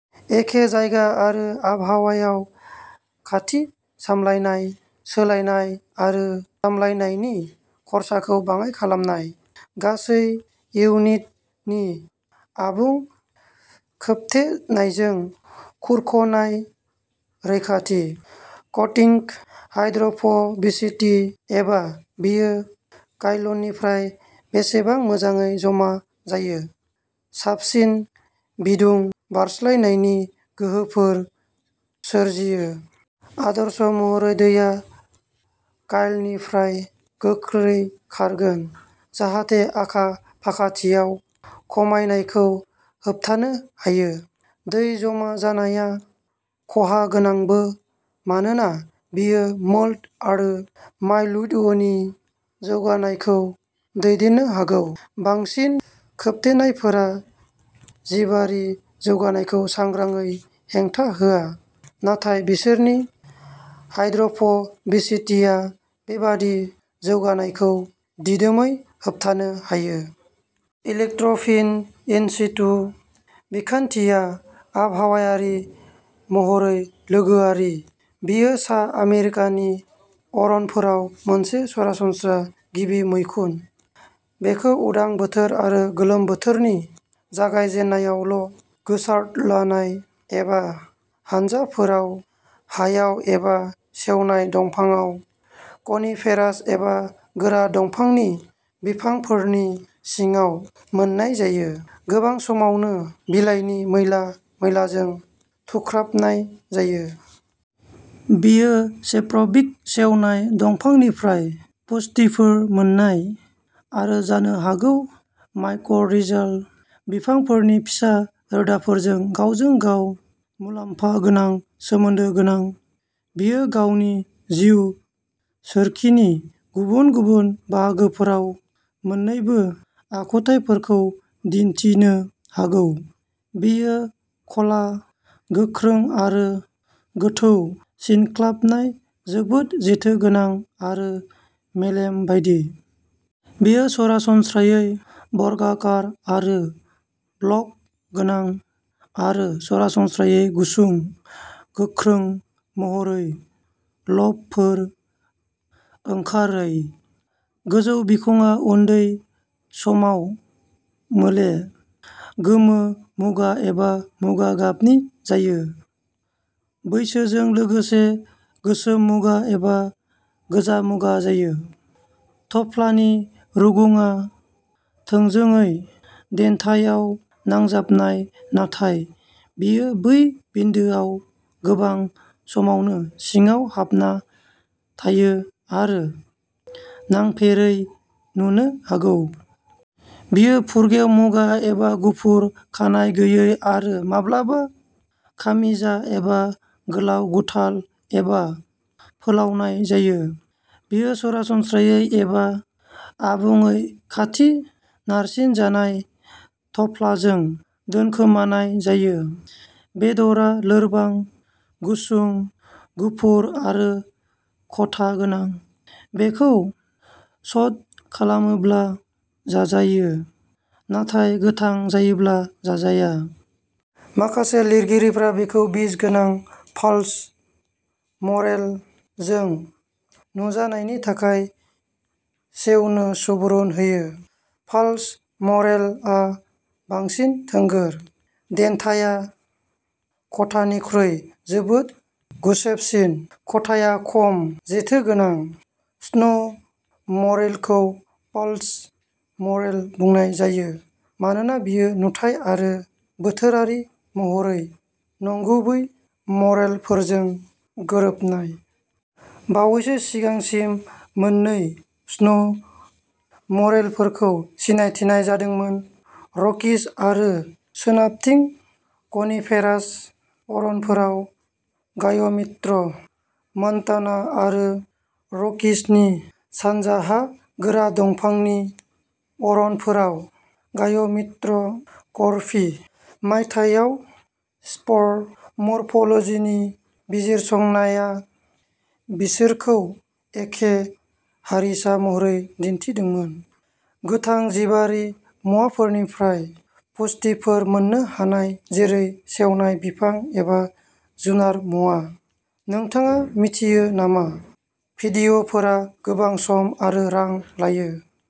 एखे जायगा आरो आबहावायाव खाथि। सामलायनाय, सोलायनाय आरो सामलायनायनि खरसाखौ बाङाइ खालामनाय। गासै इउनिट नि आबुं खोबथेनायजों खुरख'नाय रैखाथि। कटिंग हाइड्र'फ'बिसिटि, एबा बियो काइलनिफ्राय बेसेबां मोजाङै जमा जायो, साबसिन बिदुं बारस्लायनायनि गोहोफोर सोरजियो। आदर्श महरै, दैया काइलनिफ्राय गोख्रै खारगोन जाहाथे आखा फाखाथियाव खमायनायखौ होबथानो हायो। दै जमा जानाया खहागोनांबो मानोना बेयो मोल्ड आरो माइल्ड्युनि जौगानायखौ दैदेननो हागौ। बांसिन खोबथेनायफोरा जिबारि जौगानायखौ सांग्राङै हेंथा होआ, नाथाय बिसोरनि हाइड्र'फ'बिसिटिआ बेबादि जौगानायखौ दिदोमयै होबथानो हायो। इलेक्ट्र'फिन इन्सितु बिखान्थिया आबहावायारि महरै लोगोआरि। बेयो सा आमेरिकानि अरनफोराव मोनसे सरासनस्रा गिबि मैखुन। बेखौ उदां बोथोर आरो गोलोम बोथोरनि जागायजेन्नायावल', गोसारद्लानाय एबा हानजाफोराव, हायाव एबा सेवनाय दंफांआव, कनिफेरास एबा गोरा दंफांनि बिफांफोरनि सिङाव मोन्नाय जायो, गोबां समावनो बिलाइनि मैला मैलाजों थुख्राबनाय जायो। बेयो सेप्र'बिक, सेवनाय दंफांनिफ्राय पुष्टिफोर मोन्नाय, आरो जानो हागौ माइक'रिजाल, बिफांफोरनि फिसा रोदाफोरजों गावजों गाव मुलाम्फा गोनां सोमोन्दो गोनां। बियो गावनि जिउ सोरखिनि गुबुन गुबुन बाहागोफोराव मोन्नैबो आखुथायफोरखौ दिनथिनो हागौ। बियो ख'ला, गोख्रों आरो गोथौ सिनख्लाबनाय, जोबोद जेथोगोनां आरो मेलेम बायदि। बेयो सरासनस्रायै बर्गाकार आरो ब्लक गोनां आरो सरासनस्रायै गुसुं, गोख्रों महरै ल'बफोर ओंखारै। गोजौ बिखंआ उन्दै समाव मोले, गोमो मुगा एबा मुगा गाबनि जायो, बैसोजों लोगोसे गोसोम मुगा एबा गोजा मुगा जायो। थफ्लानि रुगुङा थोंजोङै देन्थायाव नांजाबनाय नाथाय बियो बै बिन्दोआव गोबां समावनो सिङाव हाबना थायो आरो नांफेरै नुनो हागौ। बेयो फुरगेव मुगा एबा गुफुर, खानाय गैयै आरो माब्लाबा खामिजा एबा गोलाव गुथाल एबा फोलावनाय जायो। बेयो सरासनस्रायै एबा आबुङै खाथि नारसिनजानाय थफ्लाजों दोनखोमानाय जायो। बेदरआ लोरबां, गुसुं, गुफुर आरो खथा गोनां। बेखौ स'ट खालामोब्ला जाजायो, नाथाय गोथां जायोब्ला जाजाया। माखासे लिरगिरिफोरा बेखौ बिस गोनां फाल्स मरेल जों नुजानायनि थाखाय सेवनो सुबुरुन होयो। फाल्स मरेल आ बांसिन थोंगोर। देन्थाआ खथानिख्रुइ जोबोद गुसेबसिन। खथाया खम जेथोगोनां। स्नो मरेलखौ फल्स मरेल बुंनाय जायो मानोना बेयो नुथाइ आरो बोथोरारि महरै नंगुबै मरेलफोरजों गोरोबनाय। बावैसो सिगांसिम, मोन्नै स्नो मरेलफोरखौ सिनायथिनाय जादोंमोन र'कीज आरो सोनाबथिं कनिफेरास अरनफोराव गाय'मित्र मन्टाना आरो र'कीजनि सानजाहा गोरा दंफांनि अरनफोराव गाय'मित्र करफी। मायथाइयाव स्पर मर्फ'लजिनि बिजिरसंनाया बिसोरखौ एखे हारिसा महरै दिन्थिदोंमोन। गोथां जिबारि मुवाफोरनिफ्राय पुष्टिफोर मोन्नो हानाय, जेरै सेवनाय बिफां एबा जुनार मुवा। नोंथाङा मिथियो नामा भिडिअ'फोरा गोबां सम आरो रां लायो।